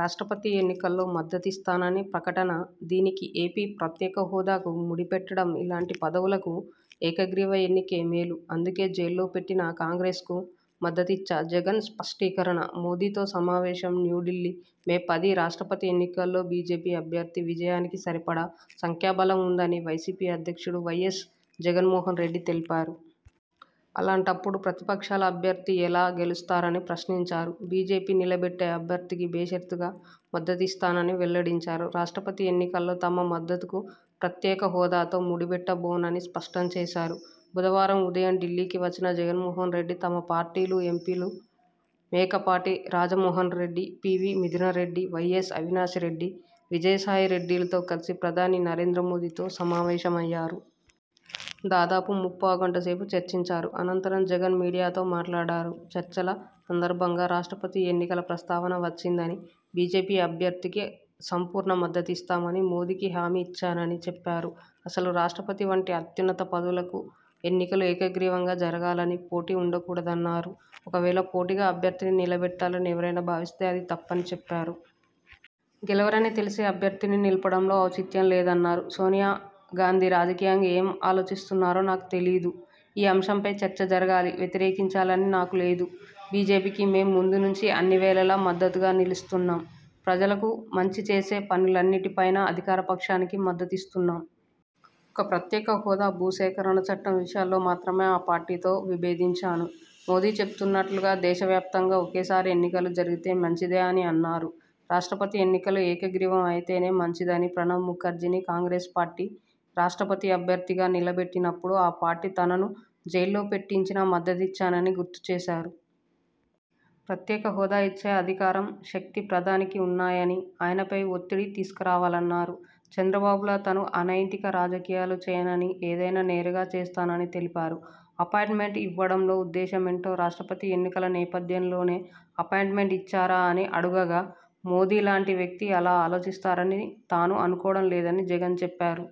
రాష్ట్రపతి ఎన్నికలో మద్దతిస్తామని ప్రకటనదీనికి, ఏపీ ప్రత్యేక హోదాకు ముడిపెట్టంఇలాంటి పదవులకు ఏకగ్రీవ ఎన్నికే మేలుఅందుకే జైల్లో పెట్టినా కాంగ్రెస్కు మద్దతిచ్చాజగన్ స్పష్టీకరణ.. మోదీతో సమావేశంన్యూఢిల్లీ, మే పది రాష్ట్రపతి ఎన్నికలో బీజేపీ అభ్యర్థి విజయానికి సరిపడా సంఖ్యాబలం ఉందని వైసీపీ అధ్యక్షుడు వైఎస్ జగన్మోహన్ రెడ్డి తెలిపారు. అలాంటప్పుడు ప్రతిపక్షాల అభ్యర్థి ఎలా గెలుస్తారని ప్రశ్నించారు. బీజేపీ నిలబెట్టే అభ్యర్థికి బేషరతుగా మద్దతిస్తామని వెల్లడించారు. రాష్ట్రపతి ఎన్నికలో తమ మద్దతుకు ప్రత్యేక హోదాతో ముడిపెట్టబోనని స్పష్టం చేశారు. బుధవారం ఉదయం ఢిల్లీకి వచ్చిన జగన్మోహన్ రెడ్డి తమ పార్టీలు ఎంపీలు మేకపాటి రాజమోహన్రెడ్డి, పీవీ మిథునరెడ్డి, వైఎస్ అవినాషరెడ్డి, విజయసాయిరెడ్డిలతో కలిసి ప్రధాని నరేంద్ర మోదీతో సమావేశమయ్యారు. దాదాపు ముప్పావుగంట సేపు చర్చించారు. అనంతరం జగన్ మీడియాతో మాట్లాడారు. చర్చల సందర్భంగా రాష్ట్రపతి ఎన్నికల ప్రస్తావన వచ్చిందని, బీజేపీ అభ్యర్థికి సంపూర్ణ మద్దతిస్తామని మోదీకి హామీ ఇచ్చానని చెప్పారు. అసలు రాష్ట్రపతి వంటి అత్యున్నత పదవులకు ఎన్నికలు ఏకగ్రీవంగా జరగాలని, పోటీ ఉండకూడదన్నారు. ఒకవేళ పోటీగా అభ్యర్థిని నిలబెట్టాలని ఎవరైనా భావిస్తే అది తప్పని చెప్పారు. గెలవరని తెలిసీ అభ్యర్థిని నిలపడంలో ఔచిత్యం లేదన్నారు. 'సోనియాగాంధీ రాజకీయంగా ఏం ఆలోచిస్తున్నారో నాకు తెలియదు. ఈ అంశంపై చర్చ జరగాలి, వ్యతిరేకించాలి అని నాకు లేదు. బీజేపీకి మేం ముందు నుంచీ అన్నివేళలా మద్దతుగా నిలుస్తున్నాం. ప్రజలకు మంచి చేసే పనులన్నిటిపైనా అధికార పక్షానికి మద్దతిస్తున్నాం. ఒక్క ప్రత్యేక హోదా, భూసేకరణ చట్టం విషయాల్లో మాత్రమే ఆ పార్టీతో విభేదించాను. మోదీ చెబుతున్నట్లుగా దేశవ్యాప్తంగా ఒకేసారి ఎన్నికలు జరిగితే మంచిదే' అని అన్నారు. రాష్ట్రపతి ఎన్నికలు ఏకగ్రీవం అయితేనే మంచిదని, ప్రణబ్ ముఖర్జీని కాంగ్రెస్ పార్టీ రాష్ట్రపతి అభ్యర్థిగా నిలబెట్టినప్పుడు ఆ పార్టీ తనను జైల్లో పెట్టించినా మద్దతిచ్చానని గుర్తుచేశారు. ప్రత్యేక హోదా ఇచ్చే అధికారం, శక్తి ప్రధానికి ఉన్నాయని, ఆయనపై ఒత్తిడి తీసుకురావాలన్నారు. చంద్రబాబులా తాను అనైతిక రాజకీయాలు చేయనని, ఏదైనా నేరుగానే చేస్తానని తెలిపారు. అపాయింట్మెంట్ ఇవ్వడంలో ఉద్దేశమేంటో రాష్ట్రపతి ఎన్నికల నేపథ్యంలోనే అపాయింట్మెంట్ ఇచ్చారా అని అడుగగా.. మోదీలాంటి వ్యక్తి అలా ఆలోచిస్తారని తాను అనుకోవడం లేదని జగన్ చెప్పారు.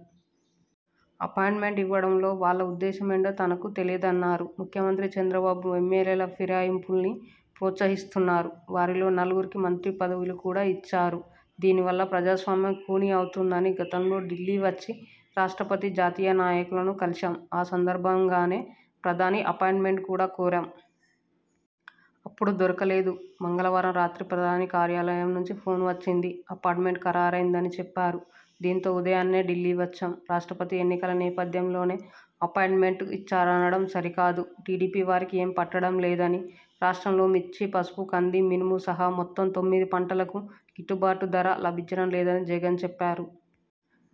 అపాయింట్మెంట్ ఇవ్వడంలో వాళ్ల ఉద్దేశమేంటో తనకు తెలియదన్నారు. 'ముఖ్యమంత్రి చంద్రబాబు ఎమ్మెల్యేల ఫిరాయింపుల్ని ప్రోత్సహిస్తున్నారు. వారిలో నలుగురికి మంత్రి పదవులు కూడా ఇచ్చారు. దీనివల్ల ప్రజాస్వామ్యం ఖూనీ అవుతోందని గతంలో ఢిల్లీ వచ్చి రాష్ట్రపతి, జాతీయ నాయకులను కలిశాం. ఆ సందర్భంగానే ప్రధాని అపాయింట్మెంట్ కూడా కోరాం. అప్పుడు దొరకలేదు. మంగళవారం రాత్రి ప్రధాని కార్యాలయం నుంచి ఫోన్ వచ్చింది. అపాయింట్మెంట్ ఖరారైందని చెప్పారు. దీంతో ఉదయాన్నే ఢిల్లీ వచ్చాం. రాష్ట్రపతి ఎన్నికల నేపథ్యంలోనే అపాయింట్మెంట్ ఇచ్చారనడం సరికాదు. టీడీపీ వారికి ఏమీ పట్టడం లేదని, రాష్ట్రంలో మిర్చి, పసుపు, కంది, మినుము సహా మొత్తం తొమ్మిది పంటలకు గిట్టుబాటు ధర లభించడం లేదని జగన్ చెప్పారు.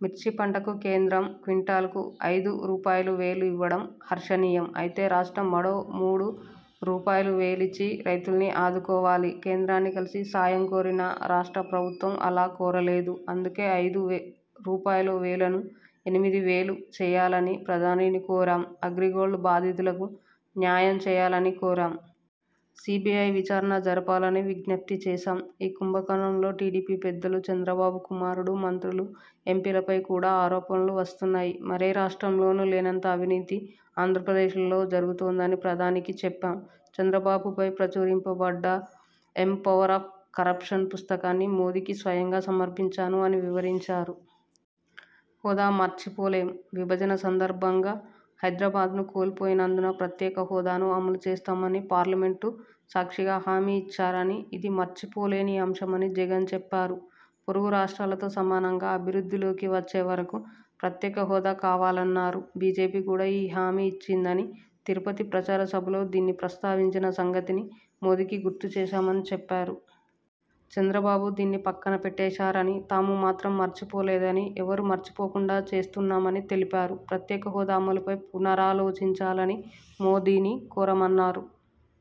'మిర్చి పంటకు కేంద్రం క్వింటాలుకు ఐదు రూపాయలువేలు ఇవ్వడం హర్షణీయం. అయితే రాష్ట్రం మరో మూడు రూపాయలువేలిచ్చి రైతుల్ని ఆదుకోవాలి. కేంద్రాన్ని కలిసి సాయం కోరిన రాష్ట్ర ప్రభుత్వం అలా కోరలేదు. అందుకే ఐదు రూపాయలువేలను ఎనిమిది వేలు చేయాలని ప్రధానిని కోరాం. అగ్రిగోల్డ్ బాధితులకు న్యాయం చేయాలనీ కోరాం. సీబీఐ విచారణ జరపాలని విజ్ఞప్తి చేశాం. ఈ కుంభకోణంలో టీడీపీ పెద్దలు, చంద్రబాబు కుమారుడు, మంత్రులు, ఎంపీలపై కూడా ఆరోపణలు వస్తున్నాయి. మరే రాష్ట్రంలోనూ లేనంత అవినీతి ఆంధ్రప్రదేశలో జరుగుతోందని ప్రధానికి చెప్పాం. చంద్రబాబుపై ప్రచురింపబడ్డ 'ఎం పవర్ ఆఫ్ కరప్షన్' పుస్తకాన్ని మోదీకి స్వయంగా సమర్పించాను' అని వివరించారు. హోదా మరచిపోలేంవిభజన సందర్భంగా హైదరాబాద్ను కోల్పోయినందున ప్రత్యేక హోదాను అమలు చేస్తామని పార్లమెంటు సాక్షిగా హామీ ఇచ్చారని, ఇది మరచిపోలేని అంశమని జగన్ చెప్పారు. పొరుగు రాష్ట్రాలతో సమానంగా అభివృద్ధిలోకి వచ్చేవరకూ ప్రత్యేక హోదా కావాలన్నారు. బీజేపీ కూడా ఈ హామీ ఇచ్చిందని, తిరుపతి ప్రచార సభలో దీన్ని ప్రస్తావించిన సంగతిని మోదీకి గుర్తుచేశామని చెప్పారు. చంద్రబాబు దీన్ని పక్కన పెట్టేశారని, తాము మాత్రం మరచిపోలేదని, ఎవరూ మరచిపోకుండా చేస్తున్నామని తెలిపారు. ప్రత్యేక హోదా అమలుపై పునరాలోచించాలని మోదీని కోరామన్నారు.